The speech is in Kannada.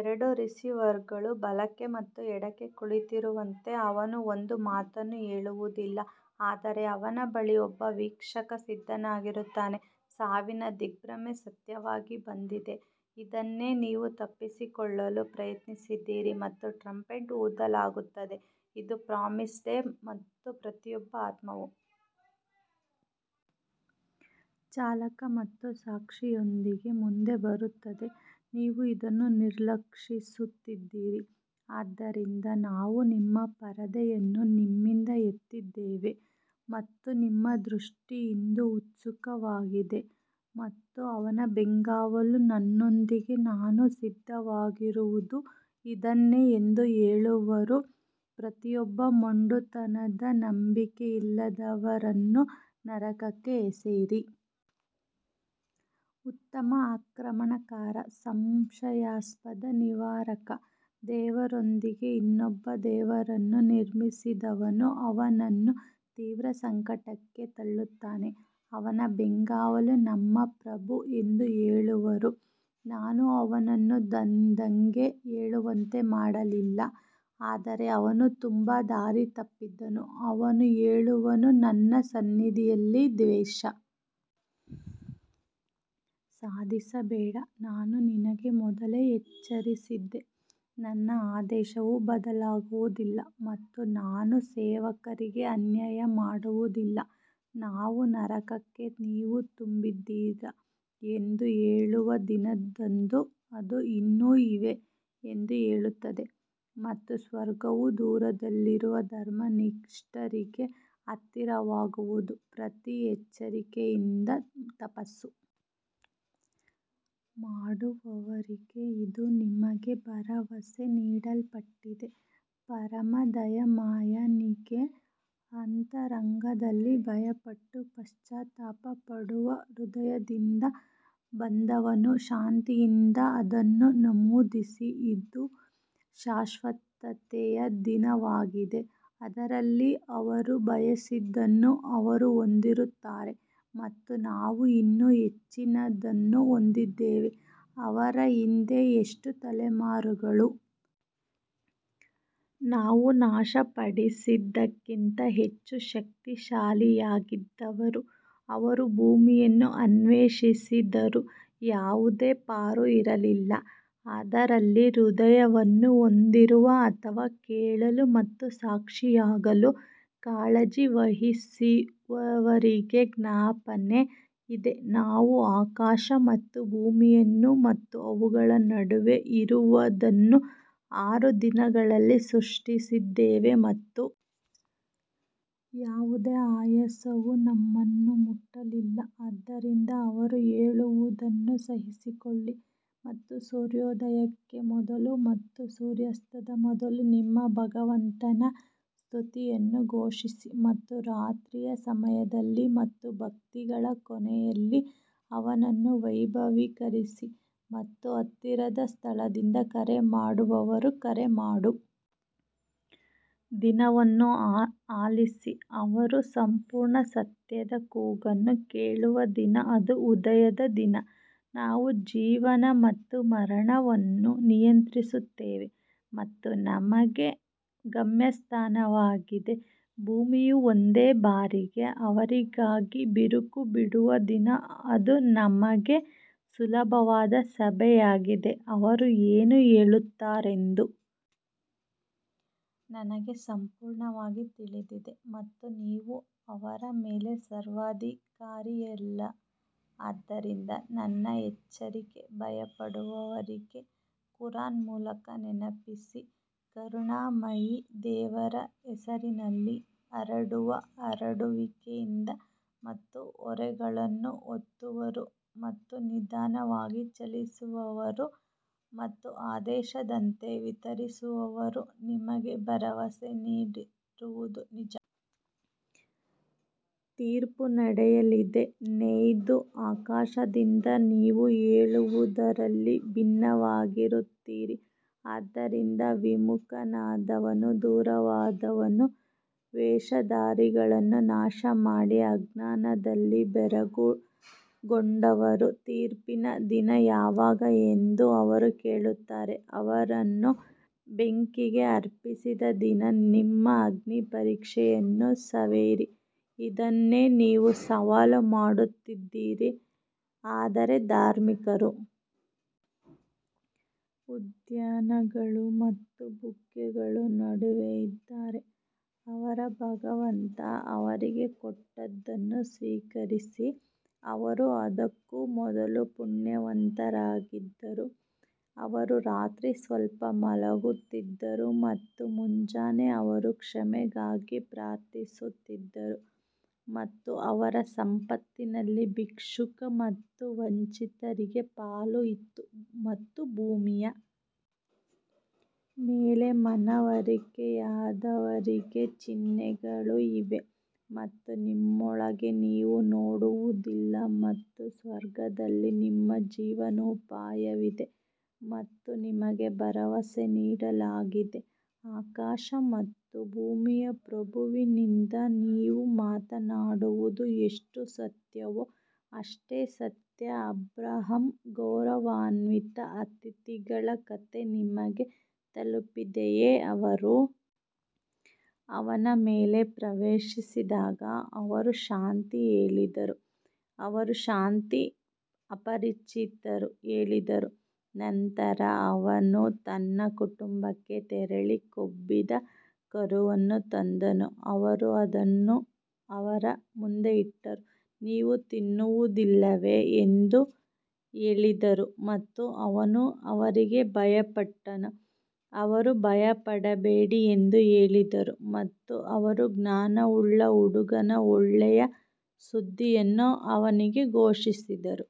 ಎರಡು ರಿಸೀವರ್ಗಳು ಬಲಕ್ಕೆ ಮತ್ತು ಎಡಕ್ಕೆ ಕುಳಿತಿರುವಂತೆ ಅವನು ಒಂದು ಮಾತನ್ನೂ ಹೇಳುವುದಿಲ್ಲ ಆದರೆ ಅವನ ಬಳಿ ಒಬ್ಬ ವೀಕ್ಷಕ ಸಿದ್ಧನಾಗಿರುತ್ತಾನೆ ಸಾವಿನ ದಿಗ್ಭ್ರಮೆ ಸತ್ಯವಾಗಿ ಬಂದಿದೆ ಇದನ್ನೇ ನೀವು ತಪ್ಪಿಸಿಕೊಳ್ಳಲು ಪ್ರಯತ್ನಿಸಿದ್ದೀರಿ ಮತ್ತು ಟ್ರಂಪೆಟ್ ಊದಲಾಗುತ್ತದೆ ಇದು ಪ್ರಾಮಿಸ್ಡ್ ಡೇ ಮತ್ತು ಪ್ರತಿಯೊಬ್ಬ ಆತ್ಮವು ಚಾಲಕ ಮತ್ತು ಸಾಕ್ಷಿಯೊಂದಿಗೆ ಮುಂದೆ ಬರುತ್ತದೆ ನೀವು ಇದನ್ನು ನಿರ್ಲಕ್ಷಿಸುತ್ತಿದ್ದೀರಿ ಆದ್ದರಿಂದ ನಾವು ನಿಮ್ಮ ಪರದೆಯನ್ನು ನಿಮ್ಮಿಂದ ಎತ್ತಿದ್ದೇವೆ ಮತ್ತು ನಿಮ್ಮ ದೃಷ್ಟಿ ಇಂದು ಉತ್ಸುಕವಾಗಿದೆ ಮತ್ತು ಅವನ ಬೆಂಗಾವಲು ನನ್ನೊಂದಿಗೆ ನಾನು ಸಿದ್ಧವಾಗಿರುವುದು ಇದನ್ನೇ ಎಂದು ಹೇಳುವರು ಪ್ರತಿಯೊಬ್ಬ ಮೊಂಡುತನದ ನಂಬಿಕೆಯಿಲ್ಲದವರನ್ನು ನರಕಕ್ಕೆ ಎಸೆಯಿರಿ ಉತ್ತಮ ಆಕ್ರಮಣಕಾರ ಸಂಶಯಾಸ್ಪದ ನಿವಾರಕ ದೇವರೊಂದಿಗೆ ಇನ್ನೊಬ್ಬ ದೇವರನ್ನು ನಿರ್ಮಿಸಿದವನು ಅವನನ್ನು ತೀವ್ರ ಸಂಕಟಕ್ಕೆ ತಳ್ಳುತ್ತಾನೆ ಅವನ ಬೆಂಗಾವಲು ನಮ್ಮ ಪ್ರಭು ಎಂದು ಹೇಳುವರು, ನಾನು ಅವನನ್ನು ದಂಗೆ ಏಳುವಂತೆ ಮಾಡಲಿಲ್ಲ ಆದರೆ ಅವನು ತುಂಬಾ ದಾರಿ ತಪ್ಪಿದ್ದನು ಅವನು ಹೇಳುವನು, ನನ್ನ ಸನ್ನಿಧಿಯಲ್ಲಿ ದ್ವೇಷ ಸಾಧಿಸಬೇಡ, ನಾನು ನಿನಗೆ ಮೊದಲೇ ಎಚ್ಚರಿಸಿದ್ದೆ ನನ್ನ ಆದೇಶವು ಬದಲಾಗುವುದಿಲ್ಲ ಮತ್ತು ನಾನು ಸೇವಕರಿಗೆ ಅನ್ಯಾಯ ಮಾಡುವುದಿಲ್ಲ ನಾವು ನರಕಕ್ಕೆ ನೀವು ತುಂಬಿದ್ದೀರಾ ಎಂದು ಹೇಳುವ ದಿನದಂದು ಅದು ಇನ್ನೂ ಇವೆ ಎಂದು ಹೇಳುತ್ತದೆ ಮತ್ತು ಸ್ವರ್ಗವು ದೂರದಲ್ಲಿರುವ ಧರ್ಮನಿಷ್ಠರಿಗೆ ಹತ್ತಿರವಾಗುವುದು ಪ್ರತಿ ಎಚ್ಚರಿಕೆಯಿಂದ ತಪಸ್ಸು ಮಾಡುವವರಿಗೆ ಇದು ನಿಮಗೆ ಭರವಸೆ ನೀಡಲ್ಪಟ್ಟಿದೆ ಪರಮ ದಯಾಮಯನಿಗೆ ಅಂತರಂಗದಲ್ಲಿ ಭಯಪಟ್ಟು ಪಶ್ಚಾತ್ತಾಪ ಪಡುವ ಹೃದಯದಿಂದ ಬಂದವನು ಶಾಂತಿಯಿಂದ ಅದನ್ನು ನಮೂದಿಸಿ ಇದು ಶಾಶ್ವತತೆಯ ದಿನವಾಗಿದೆ ಅದರಲ್ಲಿ ಅವರು ಬಯಸಿದ್ದನ್ನು ಅವರು ಹೊಂದಿರುತ್ತಾರೆ ಮತ್ತು ನಾವು ಇನ್ನೂ ಹೆಚ್ಚಿನದನ್ನು ಹೊಂದಿದ್ದೇವೆ ಅವರ ಹಿಂದೆ ಎಷ್ಟು ತಲೆಮಾರುಗಳು ನಾವು ನಾಶಪಡಿಸಿದ್ದಕ್ಕಿಂತ ಹೆಚ್ಚು ಶಕ್ತಿಶಾಲಿಯಾಗಿದ್ದವರು ಅವರು ಭೂಮಿಯನ್ನು ಅನ್ವೇಷಿಸಿದರು ಯಾವುದೇ ಪಾರು ಇರಲಿಲ್ಲ ಅದರಲ್ಲಿ ಹೃದಯವನ್ನು ಹೊಂದಿರುವ ಅಥವಾ ಕೇಳಲು ಮತ್ತು ಸಾಕ್ಷಿಯಾಗಲು ಕಾಳಜಿ ವಹಿಸುವವರಿಗೆ ಜ್ಞಾಪನೆ ಇದೆ ನಾವು ಆಕಾಶ ಮತ್ತು ಭೂಮಿಯನ್ನು ಮತ್ತು ಅವುಗಳ ನಡುವೆ ಇರುವದನ್ನು ಆರು ದಿನಗಳಲ್ಲಿ ಸೃಷ್ಟಿಸಿದ್ದೇವೆ ಮತ್ತು ಯಾವುದೇ ಆಯಾಸವು ನಮ್ಮನ್ನು ಮುಟ್ಟಲಿಲ್ಲ ಆದ್ದರಿಂದ ಅವರು ಹೇಳುವುದನ್ನು ಸಹಿಸಿಕೊಳ್ಳಿ ಮತ್ತು ಸೂರ್ಯೋದಯಕ್ಕೆ ಮೊದಲು ಮತ್ತು ಸೂರ್ಯಾಸ್ತದ ಮೊದಲು ನಿಮ್ಮ ಭಗವಂತನ ಸ್ತುತಿಯನ್ನು ಘೋಷಿಸಿ ಮತ್ತು ರಾತ್ರಿಯ ಸಮಯದಲ್ಲಿ ಮತ್ತು ಭಕ್ತಿಗಳ ಕೊನೆಯಲ್ಲಿ ಅವನನ್ನು ವೈಭವೀಕರಿಸಿ ಮತ್ತು ಹತ್ತಿರದ ಸ್ಥಳದಿಂದ ಕರೆ ಮಾಡುವವರು ಕರೆ ಮಾಡುವ ದಿನವನ್ನು ಆಲಿಸಿ ಅವರು ಸಂಪೂರ್ಣ ಸತ್ಯದ ಕೂಗನ್ನು ಕೇಳುವ ದಿನ ಅದು ಉದಯದ ದಿನ ನಾವು ಜೀವನ ಮತ್ತು ಮರಣವನ್ನು ನಿಯಂತ್ರಿಸುತ್ತೇವೆ ಮತ್ತು ನಮಗೆ ಗಮ್ಯಸ್ಥಾನವಾಗಿದೆ ಭೂಮಿಯು ಒಂದೇ ಬಾರಿಗೆ ಅವರಿಗಾಗಿ ಬಿರುಕು ಬಿಡುವ ದಿನ ಅದು ನಮಗೆ ಸುಲಭವಾದ ಸಭೆಯಾಗಿದೆ ಅವರು ಏನು ಹೇಳುತ್ತಾರೆಂದು ನಮಗೆ ಸಂಪೂರ್ಣವಾಗಿ ತಿಳಿದಿದೆ ಮತ್ತು ನೀವು ಅವರ ಮೇಲೆ ಸರ್ವಾಧಿಕಾರಿಯಲ್ಲ ಆದ್ದರಿಂದ ನನ್ನ ಎಚ್ಚರಿಕೆಗೆ ಭಯಪಡುವವರಿಗೆ ಕುರಾನ್ ಮೂಲಕ ನೆನಪಿಸಿ ಕರುಣಾಮಯಿ ದೇವರ ಹೆಸರಿನಲ್ಲಿ ಹರಡುವ ಹರಡುವಿಕೆಯಿಂದ ಮತ್ತು ಹೊರೆಗಳನ್ನು ಹೊತ್ತವರು ಮತ್ತು ನಿಧಾನವಾಗಿ ಚಲಿಸುವವರು ಮತ್ತು ಆದೇಶದಂತೆ ವಿತರಿಸುವವರು ನಿಮಗೆ ಭರವಸೆ ನೀಡಿರುವುದು ನಿಜ ತೀರ್ಪು ನಡೆಯಲಿದೆ ನೇಯ್ದ ಆಕಾಶದಿಂದ ನೀವು ಹೇಳುವುದರಲ್ಲಿ ಭಿನ್ನವಾಗಿರುತ್ತೀರಿ ಅದರಿಂದ ವಿಮುಖನಾದವನು ದೂರವಾದವನು ವೇಷಧಾರಿಗಳನ್ನು ನಾಶಮಾಡಿ ಅಜ್ಞಾನದಲ್ಲಿ ಬೆರಗುಗೊಂಡವರು ತೀರ್ಪಿನ ದಿನ ಯಾವಾಗ ಎಂದು ಅವರು ಕೇಳುತ್ತಾರೆ ಅವರನ್ನು ಬೆಂಕಿಗೆ ಅರ್ಪಿಸಿದ ದಿನ ನಿಮ್ಮ ಅಗ್ನಿಪರೀಕ್ಷೆಯನ್ನು ಸವಿಯಿರಿ ಇದನ್ನೇ ನೀವು ಸವಾಲು ಮಾಡುತ್ತಿದ್ದೀರಿ ಆದರೆ ಧಾರ್ಮಿಕರು ಉದ್ಯಾನಗಳು ಮತ್ತು ಬುಗ್ಗೆಗಳ ನಡುವೆ ಇದ್ದಾರೆ ಅವರ ಭಗವಂತ ಅವರಿಗೆ ಕೊಟ್ಟದ್ದನ್ನು ಸ್ವೀಕರಿಸಿ ಅವರು ಅದಕ್ಕೂ ಮೊದಲು ಪುಣ್ಯವಂತರಾಗಿದ್ದರು ಅವರು ರಾತ್ರಿ ಸ್ವಲ್ಪ ಮಲಗುತ್ತಿದ್ದರು ಮತ್ತು ಮುಂಜಾನೆ ಅವರು ಕ್ಷಮೆಗಾಗಿ ಪ್ರಾರ್ಥಿಸುತ್ತಿದ್ದರು ಮತ್ತು ಅವರ ಸಂಪತ್ತಿನಲ್ಲಿ ಭಿಕ್ಷುಕ ಮತ್ತು ವಂಚಿತರಿಗೆ ಪಾಲು ಇತ್ತು ಮತ್ತು ಭೂಮಿಯ ಮೇಲೆ ಮನವರಿಕೆಯಾದವರಿಗೆ ಚಿಹ್ನೆಗಳು ಇವೆ ಮತ್ತು ನಿಮ್ಮೊಳಗೆ ನೀವು ನೋಡುವುದಿಲ್ಲ ಮತ್ತು ಸ್ವರ್ಗದಲ್ಲಿ ನಿಮ್ಮ ಜೀವನೋಪಾಯವಿದೆ ಮತ್ತು ನಿಮಗೆ ಭರವಸೆ ನೀಡಲಾಗಿದೆ ಆಕಾಶ ಮತ್ತು ಭೂಮಿಯ ಪ್ರಭುವಿನಿಂದ, ನೀವು ಮಾತನಾಡುವುದು ಎಷ್ಟು ಸತ್ಯವೋ ಅಷ್ಟೇ ಸತ್ಯ ಅಬ್ರಹಾಂ ಗೌರವಾನ್ವಿತ ಅತಿಥಿಗಳ ಕಥೆ ನಿಮಗೆ ತಲುಪಿದೆಯೇ ಅವರು ಅವನ ಮೇಲೆ ಪ್ರವೇಶಿಸಿದಾಗ ಅವರು ಶಾಂತಿ ಹೇಳಿದರು ಅವರು ಶಾಂತಿ ಅಪರಿಚಿತರು ಹೇಳಿದರು ನಂತರ ಅವನು ತನ್ನ ಕುಟುಂಬಕ್ಕೆ ತೆರಳಿ ಕೊಬ್ಬಿದ ಕರುವನ್ನು ತಂದನು ಅವರು ಅದನ್ನು ಅವರ ಮುಂದೆ ಇಟ್ಟರು, ನೀವು ತಿನ್ನುವುದಿಲ್ಲವೇ ಎಂದು ಹೇಳಿದರು ಮತ್ತು ಅವನು ಅವರಿಗೆ ಭಯಪಟ್ಟನು, ಅವರು ಭಯಪಡಬೇಡಿ ಎಂದು ಹೇಳಿದರು ಮತ್ತು ಅವರು ಜ್ಞಾನವುಳ್ಳ ಹುಡುಗನ ಒಳ್ಳೆಯ ಸುದ್ದಿಯನ್ನು ಅವನಿಗೆ ಘೋಷಿಸಿದರು.